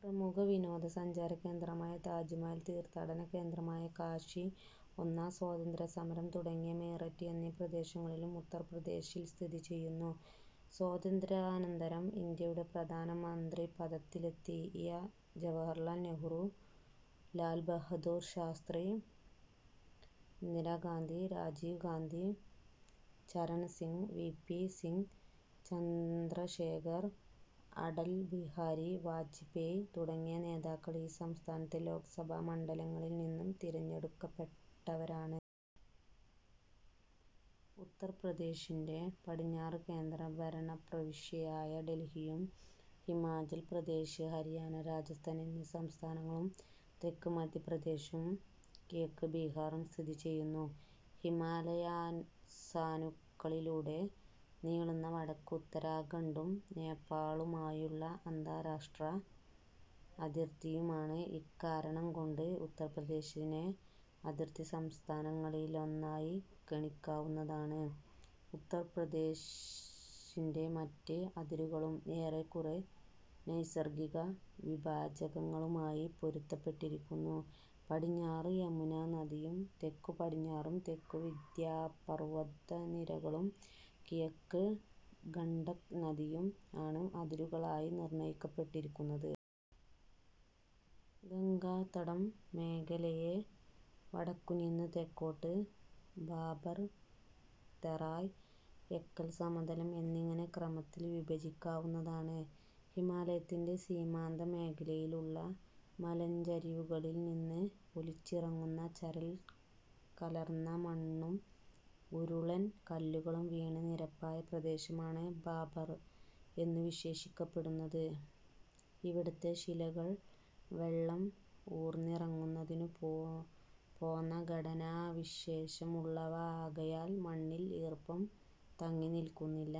പ്രമുഖ വിനോദസഞ്ചാരകേന്ദ്രമായ താജ് മഹൽ, തീർത്ഥാടനകേന്ദ്രമായ കാശി, ഒന്നാം സ്വാതന്ത്ര്യസമരം തുടങ്ങിയ മീററ്റ് എന്നീ പ്രദേശങ്ങളും ഉത്തർപ്രദേശിൽ സ്ഥിതിചെയ്യുന്നു. സ്വാതന്ത്ര്യാനന്തരം ഇന്ത്യയുടെ പ്രധാനമന്ത്രിപദത്തിലെത്തിയ Jawaharlal Nehru, Lal Bahadur Shastri, Indira Gandhi, Rajiv Gandhi, Charan Singh, V. P. Singh, Chandrashekhar, Atal Bihari Vajpayee തുടങ്ങിയ നേതാക്കൾ ഈ സംസ്ഥാനത്തെ ലോക്സഭാ മണ്ഡലങ്ങളിൽ നിന്നും തിരഞ്ഞെടുക്കപ്പെട്ടവരാണ്. ഉത്തർപ്രദേശിന്റെ പടിഞ്ഞാറ്, കേന്ദ്രഭരണപ്രവിശ്യയായ ഡൽഹിയും ഹിമാചൽപ്രദേശ്, ഹരിയാന, രാജസ്ഥാൻ എന്നീ സംസ്ഥാനങ്ങളും തെക്ക് മധ്യപ്രദേശും കിഴക്ക് ബീഹാറും സ്ഥിതിചെയ്യുന്നു. ഹിമാലയസാനുക്കളിലൂടെ നീളുന്ന വടക്ക് ഉത്തരാഖണ്ഡും, നേപ്പാളുമായുള്ള അന്താരാഷ്ട്ര അതിർത്തിയുമാണ്. ഇക്കാരണംകൊണ്ട് ഉത്തർപ്രദേശിനെ അതിർത്തിസംസ്ഥാനങ്ങളിൽ ഒന്നായി ഗണിക്കാവുന്നതാണ്. ഉത്തർപ്രദേശിന്റെ മറ്റ് അതിരുകളും ഏറെക്കുറെ നൈസർഗിക വിഭാജകങ്ങളുമായി പൊരുത്തപ്പെട്ടിരിക്കുന്നു; പടിഞ്ഞാറ് യമുനാനദിയും തെക്കുപടിഞ്ഞാറും തെക്കും വിന്ധ്യാപർവതനിരകളും കിഴക്ക് ഗണ്ഡക് നദിയും ആണ് അതിരുകളായി നിർണയിക്കപ്പെട്ടിരിക്കുന്നത്. ഗംഗാതടം മേഖലയെ വടക്കുനിന്നു തെക്കോട്ട് ഭാഭർ, തെറായ്, എക്കൽസമതലം എന്നിങ്ങനെ ക്രമത്തിൽ വിഭജിക്കാവുന്നതാണ്. ഹിമാലയത്തിന്റെ സീമാന്ത മേഖലയിലുള്ള മലഞ്ചരിവുകളിൽ നിന്ന് ഒലിച്ചിറങ്ങുന്ന ചരൽ കലർന്ന മണ്ണും ഉരുളൻ കല്ലുകളും വീണ് നിരപ്പായ പ്രദേശമാണ് ഭാഭർ എന്നു വിശേഷിപ്പിക്കപ്പെടുന്നത്. ഇവിടത്തെ ശിലകൾ വെള്ളം ഊർന്നിറങ്ങുന്നതിനു പോന്ന ഘടനാവിശേഷം ഉള്ളവ ആകയാൽ മണ്ണിൽ ഈർപ്പം തങ്ങിനിൽക്കുന്നില്ല.